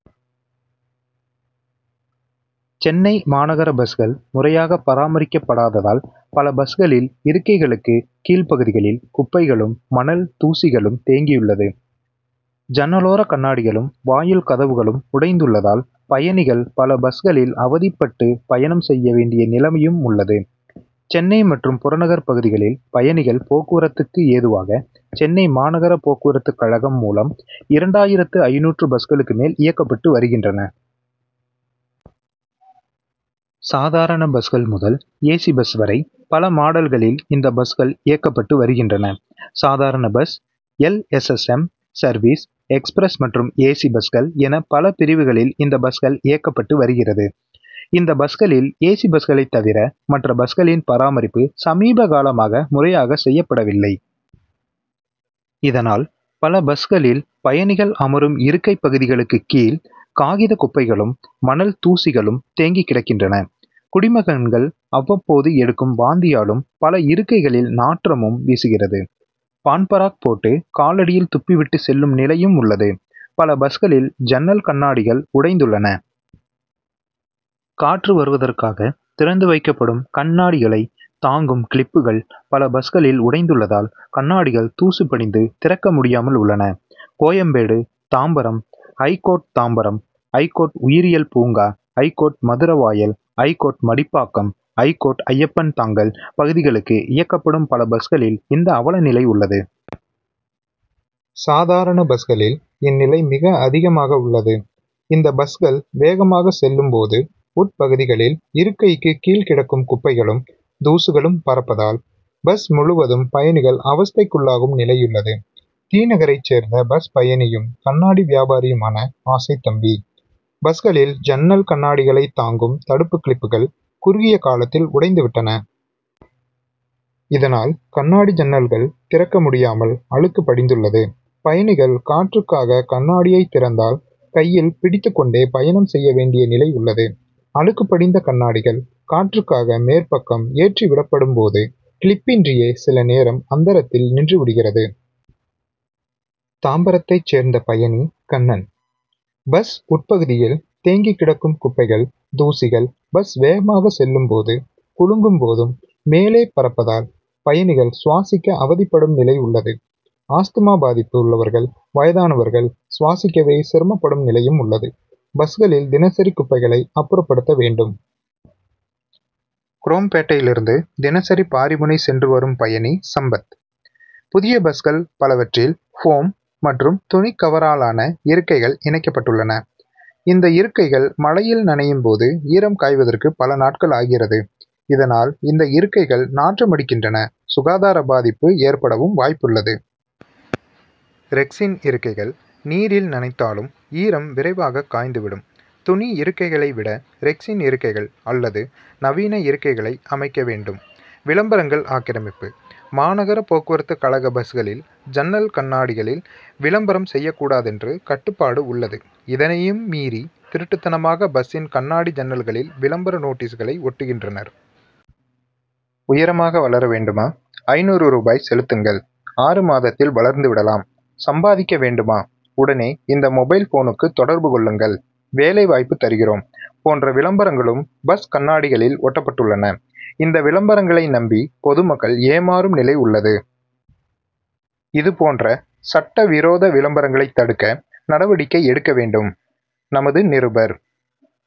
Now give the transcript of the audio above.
சென்னை மாநகர பஸ்கள், முறையாக பராமரிக்கப்படாததால், பல பஸ்களில், இருக்கைகளுக்கு கீழ்பகுதிகளில், குப்பைகளும், மணல் தூசிகளும், தேங்கியுள்ளது. ஜன்னலோர கண்ணாடிகளும், வாயில் கதவுகளும் உடைந்துள்ளதால், பயணிகள் பல பஸ்களில், அவதிப்பட்டு பயணம் செய்ய வேண்டிய நிலமையும் உள்ளது. சென்னை மற்றும் புறநகர் பகுதிகளில், பயணிகள் போக்குவரத்துக்கு ஏதுவாக, சென்னை மாநகர போக்குவரத்து கழகம் மூலம், இரண்டாயிரத்து ஐந்நூறு பஸ் களுக்கு மேல், இயக்கப்பட்டு வருகின்றன. சாதாரண பஸ்கள் முதல், "ஏசி' பஸ் வரை, பல மாடல்களில், இந்த பஸ்கள் இயக்கப்பட்டு வருகின்றன. சாதாரண bus, L. S. S., M., service, express மற்றும் ஏசி பஸ்கள் என பல பிரிவுகளில், இந்த பஸ்கள் இயக்கப்பட்டு வருகிறது. இந்த பஸ்களில் ஏசி பஸ்களை தவிர, மற்ற பஸ்களின் பராமரிப்பு, சமீபகாலமாக முறையாக செய்யப்படவில்லை. இதனால் பல பஸ்களில், பயணிகள் அமரும் இருக்கை பகுதிகளுக்கு கீழ், காகித குப்பைகளும், மணல் தூசிகளும், தேங்கி கிடக் கின்றன. குடிமகன்கள் அவ்வப்போது எடுக்கும் வாந்தியாலும், பல இருக்கைகளில் நாற்றமும் வீசுகிறது. பான்பராக் போட்டு, காலடியில் துப்பிவிட்டு செல்லும், நிலையும் உள்ளது. பல பஸ்களில், ஜன்னல் கண்ணாடி கள் உடைந்துள்ளன. காற்று வருவ தற்காக, திறந்து வைக்கப்படும் கண் ணாடிகளை தாங்கும் கிளிப்புகள், பல பஸ்களில் உடைந்துள்ளதால், கண்ணாடிகள் தூசு படிந்து, திறக்க முடியாமல் உள்ளன. கோயம்பேடு தாம்பரம், ஐகோர்ட் தாம்பரம், ஐகோர்ட் உயிரியல் பூங்கா, ஐகோர்ட் மதுர வாயல், ஐகோர்ட்-மடிப்பாக்கம், ஐகோர்ட் ஐயப்பன்தாங்கல் பகுதிகளுக்கு இயக்கப்படும் பல பஸ்களில், இந்த அவல நிலை உள்ளது. சாதாரண பஸ் களில், இந்நிலை மிக அதிகமாக உள்ளது. இந்த பஸ்கள், வேகமாக செல்லும் போது, உட்பகுதிகளில் இருக்கைக்கு கீழ் கிடக்கும் குப்பைகளும், தூசுகளும் பறப்பதால், பஸ் முழுவதும் பயணிகள் அவஸ்தைக் குள்ளாகும் நிலையுள்ளது. தி. நகரை சேர்ந்த பஸ் பயணியும், கண்ணாடி வியாபாரியுமான ஆசைத் தம்பி: பஸ்களில், ஜன்னல் கண்ணாடிகளை தாங்கும் தடுப்பு கிளிப்புகள், குறுகிய காலத்தில் உடைந்து விட்டன. இதனால், கண்ணாடி ஜன்னல்கள் திறக்க முடியாமல், அழுக்கு படிந்துள்ளது. பயணிகள் காற்றுக்காக கண் ணாடியை திறந்தால், கையில் பிடித்து கொண்டே, பயணம் செய்ய வேண்டிய நிலை உள்ளது. அழுக்கு படிந்த கண்ணாடிகள், காற்றுக்காக மேற்பக்கம் ஏற்றி விடப்படும் போது, கிளிப்பின்றியே சில நேரம், அந்தரத்தில் நின்று விடுகிறது. தாம்பரத்தை சேர்ந்த பயணி கண்ணன்: பஸ் உட்பகுதியில், தேங்கி கிடக்கும் குப்பைகள், தூசிகள் பஸ் வேகமாக செல்லும் போதும், குலுங்கும் போதும், மேலே பறப்பதால், பயணிகள் சுவாசிக்க அவதிப்படும் நிலை உள்ளது. ஆஸ்துமா பாதிப்பு உள்ளவர்கள், வயதானவர்கள், சுவாசிக்கவே சிரமப்படும் நிலையும் உள்ளது. பஸ்களில் தினசரி குப்பைகளை, அப்புறப்படுத்த வேண்டும். குரோம்பேட்டையிலிருந்து, தினசரி பாரிமுனை சென்று வரும் பயணி சம்பத்: புதிய பஸ்கள் பலவற்றில், போம்' மற்றும் துணிக்கவராலான இருக்கைகள் இணைக்கப்பட் டுள்ளன. இந்த இருக்கைகள் மழையில் நனையும் போது, ஈரம் காய்வதற்கு, பல நாட்கள் ஆகிறது. இதனால், இந்த இருக்கைகள் நாற்றமடிக் கின்றன. சுகாதார பாதிப்பு ஏற் படவும் வாய்ப்புள்ளது. ரெக்சின் இருக்கைகள் நீரில் நனைத்தாலும், ஈரம் விரைவாக காய்ந்து விடும். துணி இருக்கைகளை விட, ரெக்சின் இருக்கைகள் அல்லது நவீன இருக்கைகளை அமைக்க வேண்டும். விளம்பரங்கள் ஆக்கிரமிப்பு: மாநகர போக்குவரத்து கழக பஸ்களில், ஜன்னல் கண்ணாடிகளில், விளம்பரம் செய்யக் கூடாதென்று கட்டுப்பாடு உள்ளது. இதனையும் மீறி திருட்டுத்தனமாக, பஸ்சின் கண்ணாடி ஜன்னல்களில், விளம்பர நோட்டீஸ்களை ஒட்டுகின்றனர். உயரமாக வளர வேண்டுமா ஐந்நூறு ரூபாய் செலுத்துங்கள், ஆறு மாதத்தில் வளர்ந்து விடலாம், சம்பாதிக்க வேண்டுமா உடனே, இந்த மொபைல் போனுக்கு தொடர்பு கொள்ளுங்கள், வேலை வாய்ப்பு தருகிறோம்' போன்ற விளம்பரங்களும், பஸ் கண்ணாடிகளில் ஒட்டப்பட்டுள்ளன. இந்த விளம்பரங்களை நம்பி, பொதுமக்கள் ஏமாறும் நிலை உள்ளது. இதுபோன்ற சட்ட விரோத விளம்பரங்களை தடுக்க, நடவடிக்கை எடுக்க வேண்டும். -நமது நிருபர்-